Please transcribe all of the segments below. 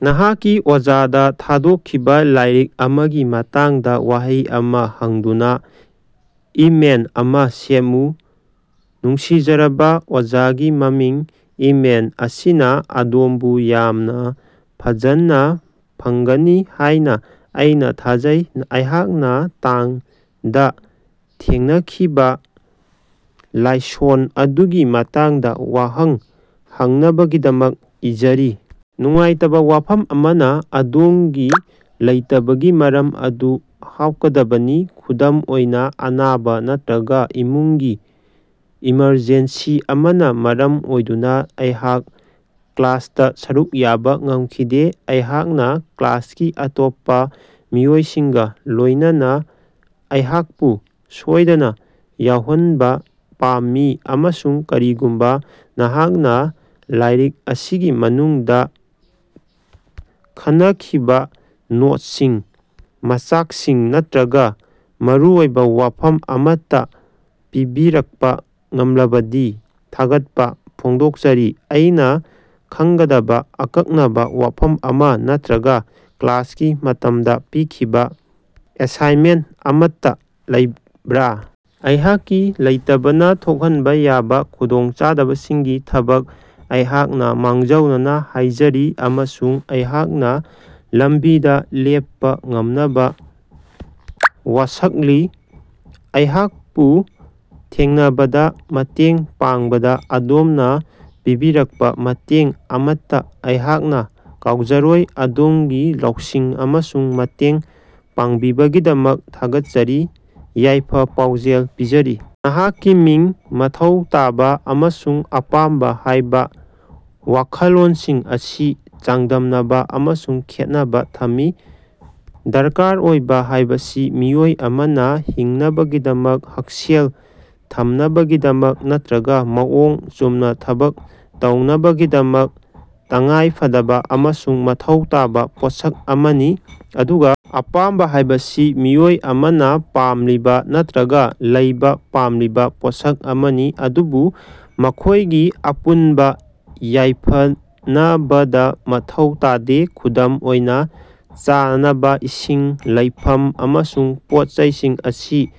ꯅꯍꯥꯛꯀꯤ ꯑꯣꯖꯥꯗ ꯊꯥꯗꯣꯛꯈꯤꯕ ꯂꯥꯏꯔꯤꯛ ꯑꯃꯒꯤ ꯃꯇꯥꯡꯗ ꯋꯥꯍꯪ ꯑꯃꯥ ꯍꯪꯗꯨꯅ ꯏꯃꯦꯜ ꯑꯃꯥ ꯁꯦꯝꯃꯨ꯫ ꯅꯨꯡꯁꯤꯖꯔꯕ [ꯑꯣꯖꯥꯒꯤ ꯃꯃꯤꯡ], ꯏꯃꯦꯜ ꯑꯁꯤꯅ ꯑꯗꯣꯝꯕꯨ ꯌꯥꯝꯅ ꯐꯖꯟꯅ ꯐꯪꯒꯅꯤ ꯍꯥꯏꯅ ꯑꯩꯅ ꯊꯥꯖꯩ꯫ ꯑꯩꯍꯥꯛꯅ ꯇꯥꯡ]ꯗ ꯊꯦꯡꯅꯈꯤꯕ ꯂꯥꯏꯁꯣꯟ ꯑꯗꯨꯒꯤ ꯃꯇꯥꯡꯗ ꯋꯥꯍꯪ ꯍꯪꯅꯕꯒꯤꯗꯃꯛ ꯏꯖꯔꯤ꯫ ꯅꯨꯡꯉꯥꯏꯇꯕ ꯋꯥꯐꯝ ꯑꯃꯅ, ꯑꯗꯣꯝꯒꯤ ꯂꯩꯇꯕꯒꯤ ꯃꯔꯝ ꯑꯗꯨ ꯍꯥꯞꯀꯗꯕꯅꯤ, ꯈꯨꯗꯝ ꯑꯣꯏꯅ ꯑꯅꯥꯕ ꯅꯠꯇ꯭ꯔꯒ ꯏꯃꯨꯡꯒꯤ ꯏꯃꯔꯖꯦꯟꯁꯤ ꯑꯃꯅ ꯃꯔꯝ ꯑꯣꯏꯗꯨꯅ ꯑꯩꯍꯥꯛ ꯀ꯭ꯂꯥꯁꯇ ꯁꯔꯨꯛ ꯌꯥꯕ ꯉꯝꯈꯤꯗꯦ꯫ ꯑꯩꯍꯥꯛꯅ ꯀ꯭ꯂꯥꯁꯀꯤ ꯑꯇꯣꯞꯄ ꯃꯤꯑꯣꯏꯁꯤꯡꯒ ꯂꯣꯏꯅꯅ ꯑꯩꯍꯥꯛꯄꯨ ꯁꯣꯏꯗꯅ ꯌꯥꯎꯍꯟꯕ ꯄꯥꯝꯃꯤ ꯑꯃꯁꯨꯡ ꯀꯔꯤꯒꯨꯝꯕ ꯅꯍꯥꯛꯅ ꯂꯥꯏꯔꯤꯛ ꯑꯁꯤꯒꯤ ꯃꯅꯨꯡꯗ ꯈꯟꯅꯈꯤꯕ ꯅꯣꯠꯁꯤꯡ, ꯃꯆꯥꯛꯁꯤꯡ ꯅꯠꯇ꯭ꯔꯒ ꯃꯔꯨꯑꯣꯏꯕ ꯋꯥꯐꯝ ꯑꯃꯠꯇ ꯄꯤꯕꯤꯔꯛꯄ ꯉꯝꯂꯕꯗꯤ ꯊꯥꯒꯠꯄ ꯐꯣꯡꯗꯣꯛꯆꯔꯤ꯫ ꯑꯩꯅ ꯈꯪꯒꯗꯕ ꯑꯀꯛꯅꯕ ꯋꯥꯐꯝ ꯑꯃ ꯅꯠꯇ꯭ꯔꯒ ꯀ꯭ꯂꯥꯁꯀꯤ ꯃꯇꯝꯗ ꯄꯤꯈꯤꯕ ꯑꯦꯁꯥꯏꯟꯃꯦꯟꯇ ꯑꯃꯠꯇ ꯂꯩꯕ꯭ꯔꯥ? ꯑꯩꯍꯥꯛꯀꯤ ꯂꯩꯇꯕꯅ ꯊꯣꯛꯍꯟꯕ ꯌꯥꯕ ꯈꯨꯗꯣꯡꯆꯥꯗꯕꯁꯤꯡꯒꯤ ꯗꯃꯛ ꯑꯩꯍꯥꯛꯅ ꯃꯥꯡꯖꯧꯅꯅ ꯍꯥꯏꯖꯔꯤ ꯑꯃꯁꯨꯡ ꯑꯩꯍꯥꯛꯅ ꯂꯝꯕꯤꯗ ꯂꯦꯞꯄ ꯉꯝꯅꯕ ꯋꯥꯁꯛꯂꯤ꯫ ꯑꯩꯍꯥꯛꯄꯨ ꯊꯦꯡꯅꯕꯗ ꯃꯇꯦꯡ ꯄꯥꯡꯕꯗ ꯑꯗꯣꯝꯅ ꯄꯤꯕꯤꯔꯛꯄ ꯃꯇꯦꯡ ꯑꯃꯠꯇ ꯑꯩꯍꯥꯛꯅ ꯀꯥꯎꯖꯔꯣꯏ꯫ ꯑꯗꯣꯝꯒꯤ ꯂꯧꯁꯤꯡ ꯑꯃꯁꯨꯡ ꯃꯇꯦꯡ ꯄꯥꯡꯕꯤꯕꯒꯤꯗꯃꯛ ꯊꯥꯒꯠꯆꯔꯤ꯫ ꯌꯥꯏꯐ-ꯄꯥꯎꯖꯦꯜ ꯄꯤꯖꯔꯤ, ꯅꯍꯥꯛꯀꯤ ꯃꯤꯡ "ꯃꯊꯧ ꯇꯥꯕ" ꯑꯃꯁꯨꯡ "ꯑꯄꯥꯝꯕ" ꯍꯥꯏꯕ ꯋꯥꯈꯜꯂꯣꯟꯁꯤꯡ ꯑꯁꯤ ꯆꯥꯡꯗꯝꯅꯕ ꯑꯃꯁꯨꯡ ꯈꯦꯠꯅꯕ ꯊꯝꯃꯤ꯫ ꯗꯔꯀꯥꯔ ꯑꯣꯏꯕ ꯍꯥꯏꯕꯁꯤ ꯃꯤꯑꯣꯏ ꯑꯃꯅ ꯍꯤꯡꯅꯕꯒꯤꯗꯃꯛ, ꯍꯛꯁꯦꯜ ꯊꯝꯅꯕꯒꯤꯗꯃꯛ ꯅꯠꯇ꯭ꯔꯒ ꯃꯑꯣꯡ ꯆꯨꯝꯅ ꯊꯕꯛ ꯇꯧꯅꯕꯒꯤꯗꯃꯛ ꯇꯉꯥꯏꯐꯗꯕ ꯑꯃꯁꯨꯡ ꯃꯊꯧ ꯇꯥꯕ ꯄꯣꯠꯁꯛ ꯑꯃꯅꯤ꯫ ꯑꯗꯨꯒ ꯑꯄꯥꯝꯕ ꯍꯥꯏꯕꯁꯤ ꯃꯤꯑꯣꯏ ꯑꯃꯅ ꯄꯥꯝꯂꯤꯕ ꯅꯠꯇ꯭ꯔꯒ ꯂꯩꯕ ꯄꯥꯝꯂꯤꯕ ꯄꯣꯠꯁꯛ ꯑꯃꯅꯤ꯫ ꯑꯗꯨꯕꯨ ꯃꯈꯣꯏꯗꯤ ꯑꯄꯨꯟꯕ ꯌꯥꯏꯐꯅꯕꯗ ꯃꯊꯧ ꯇꯥꯗꯦ꯫ ꯈꯨꯗꯝ ꯑꯣꯏꯅ, ꯆꯥꯅꯕ, ꯏꯁꯤꯡ, ꯂꯩꯐꯝ ꯑꯃꯁꯨꯡ ꯄꯣꯠ-ꯆꯩꯁꯤꯡ ꯑꯁꯤ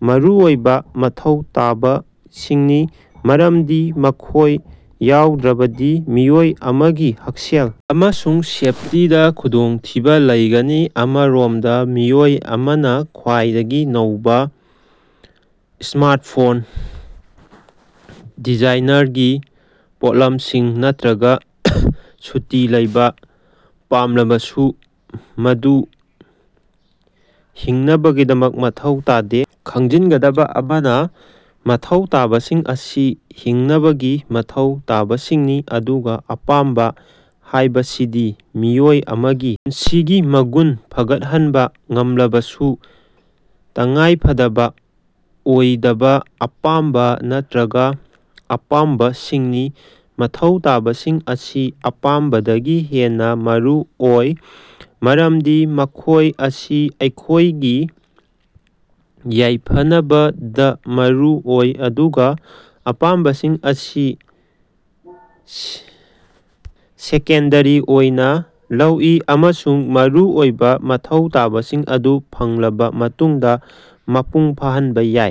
ꯃꯔꯨꯑꯣꯏꯕ ꯃꯊꯧ ꯇꯥꯕꯁꯤꯡꯅꯤ꯫ ꯃꯔꯝꯗꯤ ꯃꯈꯣꯏ ꯌꯥꯎꯗ꯭ꯔꯕꯗꯤ ꯃꯤꯑꯣꯏ ꯑꯃꯒꯤ ꯍꯛꯁꯦꯜ ꯑꯃꯁꯨꯡ ꯁꯦꯐꯇꯤꯗ ꯈꯨꯗꯣꯡꯊꯤꯕ ꯂꯩꯒꯅꯤ꯫ ꯑꯃꯔꯣꯝꯗ ꯃꯤꯑꯣꯏ ꯑꯃꯅ ꯈ꯭ꯋꯥꯏꯗꯒꯤ ꯅꯧꯕ ꯁ꯭ꯃꯥꯔꯇꯐꯣꯟ, ꯗꯤꯖꯥꯏꯅꯔꯒꯤ ꯄꯣꯠꯂꯝꯁꯤꯡ ꯅꯠꯇ꯭ꯔꯒ ꯁꯨꯇꯤ ꯂꯧꯕ ꯄꯥꯝꯂꯕꯁꯨ ꯃꯗꯨ ꯍꯤꯡꯅꯕꯒꯤꯗꯃꯛ ꯃꯊꯧ ꯇꯥꯗꯦ꯫ ꯈꯪꯖꯤꯟꯒꯗꯕ ꯑꯃꯅ, ꯃꯊꯧ ꯇꯥꯕꯁꯤꯡ ꯑꯁꯤ ꯍꯤꯡꯅꯕꯒꯤ ꯃꯊꯧ ꯇꯥꯕꯁꯤꯡꯅꯤ ꯑꯗꯨꯒ ꯑꯄꯥꯝꯕ ꯍꯥꯏꯕꯁꯤꯗꯤ ꯃꯤꯑꯣꯏ ꯑꯃꯒꯤ ꯄꯨꯟꯁꯤꯒꯤ ꯃꯒꯨꯟ ꯐꯒꯠꯍꯟꯕ ꯉꯝꯂꯕꯁꯨ ꯇꯉꯥꯏꯐꯗꯕ ꯑꯣꯏꯗꯕ ꯑꯄꯥꯝꯕ ꯅꯠꯇ꯭ꯔꯒ ꯑꯄꯥꯝꯕꯁꯤꯡꯅꯤ꯫ ꯃꯊꯧ ꯇꯥꯕꯁꯤꯡ ꯑꯁꯤ ꯑꯄꯥꯝꯕꯗꯒꯤ ꯍꯦꯟꯅ ꯃꯔꯨ ꯑꯣꯏ ꯃꯔꯝꯗꯤ ꯃꯈꯣꯏ ꯑꯁꯤ ꯑꯩꯈꯣꯏꯒꯤ ꯌꯥꯏꯐꯅꯕꯗ ꯃꯔꯨ ꯑꯣꯏ ꯑꯗꯨꯒ ꯑꯄꯥꯝꯕꯁꯤꯡ ꯑꯁꯤ ꯁꯦꯀꯦꯟꯗꯔꯤ ꯑꯣꯏꯅ ꯂꯧꯏ ꯑꯃꯁꯨꯡ ꯃꯔꯨ ꯑꯣꯏꯕ ꯃꯊꯧ ꯇꯥꯕꯁꯤꯡ ꯑꯗꯨ ꯐꯪꯂꯕ ꯃꯇꯨꯡꯗ ꯃꯄꯨꯡ ꯐꯥꯍꯟꯕ ꯌꯥꯏ꯫